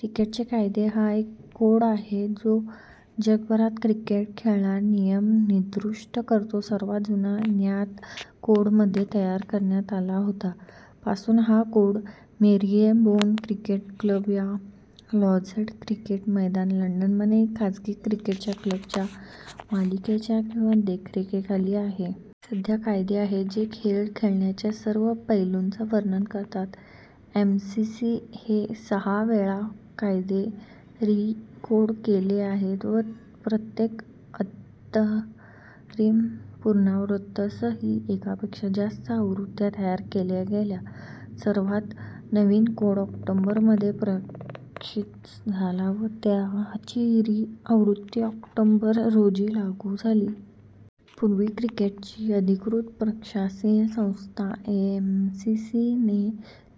क्रिकेटचे कायदे हा एक कोड आहे जो जगभरातील क्रिकेट खेळाचे नियम निर्दिष्ट करतो. सर्वात जुना ज्ञात कोड मध्ये तयार करण्यात आला होता. पासून हा कोड मेरीलेबोन क्रिकेट क्लब या लॉर्ड्स क्रिकेट मैदान, लंडनमधील खाजगी क्रिकेट क्लबच्या मालकीचा आणि देखरेखीखाली आहे. सध्या कायदे आहेत, जे खेळ खेळण्याच्या सर्व पैलूंचे वर्णन करतात. एम सी सी ने सहा वेळा कायदे रि-कोड केले आहेत व प्रत्येक अंतरिम पुनरावृत्तीसह एकापेक्षा जास्त आवृत्त्या तयार केल्या गेल्या. सर्वात नवीन कोड ऑक्टोबर मध्ये प्रकाशित झाला व त्याची री आवृत्ती ऑक्टोबर रोजी लागू झाली. पूर्वी क्रिकेटची अधिकृत प्रशासकीय संस्था, एमसीसी ने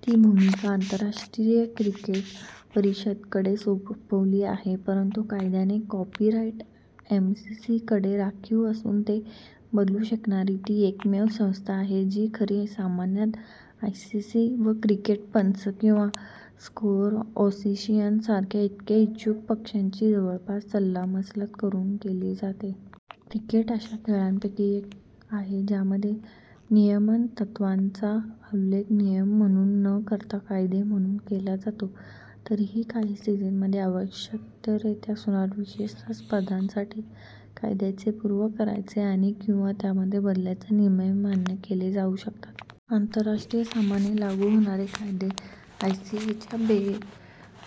ती भूमिका आंतरराष्ट्रीय क्रिकेट परिषद कडे सोपवली आहे. परंतु कायद्याचे कॉपीराइट एमसीसी कडे राखीव असून ते बदलू शकणारी ती एकमेव संस्था आहे, जरी ते सामान्यतः आयसीसी व क्रिकेट पंच आणि स्कोअरर्स असोसिएशन सारख्या इतर इच्छुक पक्षांशी जवळून सल्लामसलत करूनच केले जाते. क्रिकेट हा अशा काही खेळांपैकी एक आहे ज्यामध्ये नियमन तत्त्वांचा उल्लेख "नियम" म्हणून न करता "कायदे" म्हणून केला जातो. तरीही काही स्थितींमध्ये आवश्यकतेनुसार विशिष्ट स्पर्धांसाठी कायद्यांना पूरक करण्याचे आणि/किंवा त्यांना बदलण्याचे नियम मान्य केले जाऊ शकतात. आंतरराष्ट्रीय सामन्यांना लागू होणारे कायदे आयसीसीच्या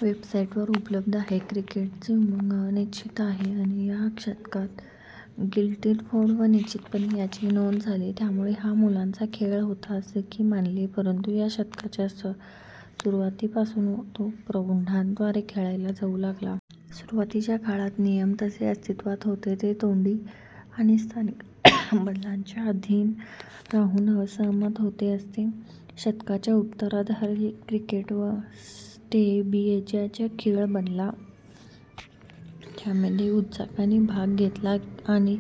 वेबसाइटवर उपलब्ध आहेत. क्रिकेटचा उगम अनिश्चित आहे आणि व्या शतकात गिल्डफोर्ड येथे निश्चितपणे त्याची नोंद झाली. त्यावेळी हा मुलांचा खेळ होता असे मानले जाते परंतु व्या शतकाच्या सुरुवातीपासून तो प्रौढांद्वारे खेळला जाऊ लागला. सुरुवातीच्या काळात नियम तसे अस्तित्त्वात होते, जे तोंडी आणि स्थानिक बदलांच्या अधीन राहून सहमत होत असतील. व्या शतकाच्या उत्तरार्धात क्रिकेट हा सट्टेबाजीचा खेळ बनला, ज्यामध्ये उच्चांकी भाग घेतला गेला आणि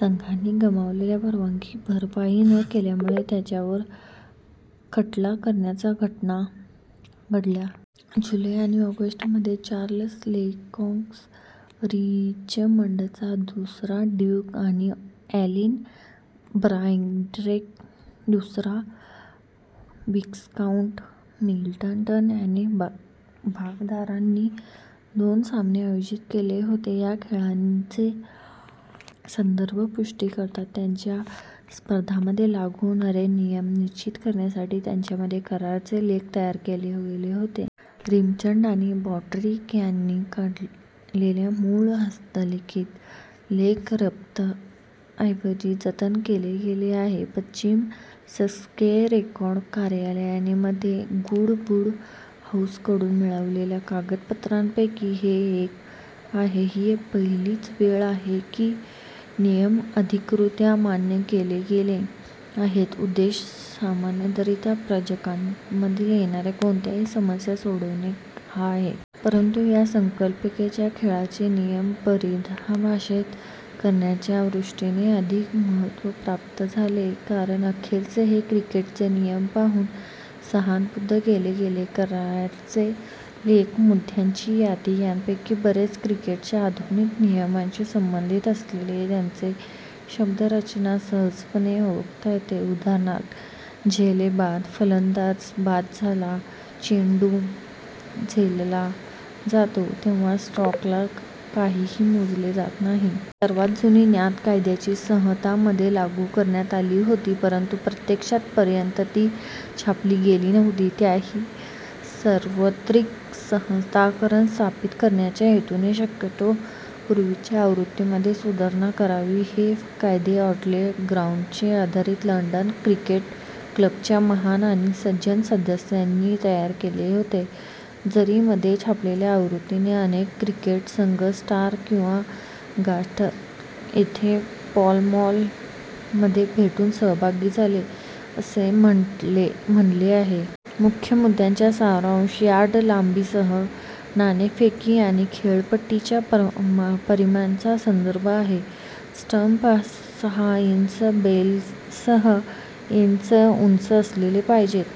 संघांनी गमावलेल्या पगाराची भरपाई न केल्यामुळे त्यांच्यावर खटला भरल्याच्या घटना घडल्या. जुलै आणि ऑगस्ट मध्ये, चार्ल्स लेनॉक्स, रिचमंडचा दुसरा ड्यूक आणि ॲलन ब्रॉड्रिक, दुसरा विस्काउंट मिडलटन या भागधारकांनी दोन सामने आयोजित केले होते. या खेळांचे संदर्भ पुष्टी करतात की त्यांनी त्यांच्या स्पर्धांमध्ये लागू होणारे नियम निश्चित करण्यासाठी त्यांच्यामध्ये कराराचे लेख तयार केले होते. रिचमंड आणि ब्रॉड्रिक यांनी काढलेले मूळ हस्तलिखित लेख दस्तऐवज जतन केले गेले आहेत. पश्चिम ससेक्स रेकॉर्ड कार्यालयाने मध्ये गुडवुड हाऊसकडून मिळवलेल्या कागदपत्रांपैकी हे एक आहे. ही पहिलीच वेळ आहे की नियम अधिकृतरीत्या मान्य केले गेले आहेत, त्यांचा उद्देश सामन्यांदरम्यान प्रयोजकांमधील येणाऱ्या कोणत्याही समस्या सोडवणे हा आहे. परंतु या संकल्पनेला खेळाचे नियम परिभाषित करण्याच्या दृष्टीने अधिक महत्त्व प्राप्त झाले कारण अखेरीस, ते क्रिकेटचे नियम म्हणून संहिताबद्ध केले गेले. कराराचे लेख ही मुद्यांची यादी आहे, त्यापैकी बरेच क्रिकेटच्या आधुनिक नियमांशी संबंधित असूनही त्यांची शब्दरचना सहजपणे ओळखता येते, उदाहरणार्थ: झेलबाद, फलंदाज बाद झाला; जेव्हा चेंडू झेलला जातो तेव्हा स्ट्रोकला काहीही मोजले जात नाही. सर्वात जुनी ज्ञात कायद्याची संहिता मध्ये लागू करण्यात आली होती, परंतु प्रत्यक्षात पर्यंत ती छापली गेली नव्हती. तीही सार्वत्रिक संहिताकरण स्थापित करण्याच्या हेतूने शक्यतो पूर्वीच्या आवृत्तीमध्ये सुधारणा असावी. हे कायदे आर्टिलरी ग्राउंडवर आधारित लंडन क्रिकेट क्लबच्या "महान आणि सज्जन सदस्यांनी" तयार केले होते, जरी मध्ये छापलेल्या आवृत्तीत "अनेक क्रिकेट संघ" स्टार आणि गार्टर येथे पॉल मॉल मध्ये भेटून सहभागी झाले, असे म्हणले आहे. मुख्य मुद्द्यांचा सारांश: यार्ड लांबीसह नाणेफेक आणि खेळपट्टीच्या परिमाणांचा संदर्भ आहे; स्टंप सहा इंच बेलसह इंच उंच असले पाहिजेत;।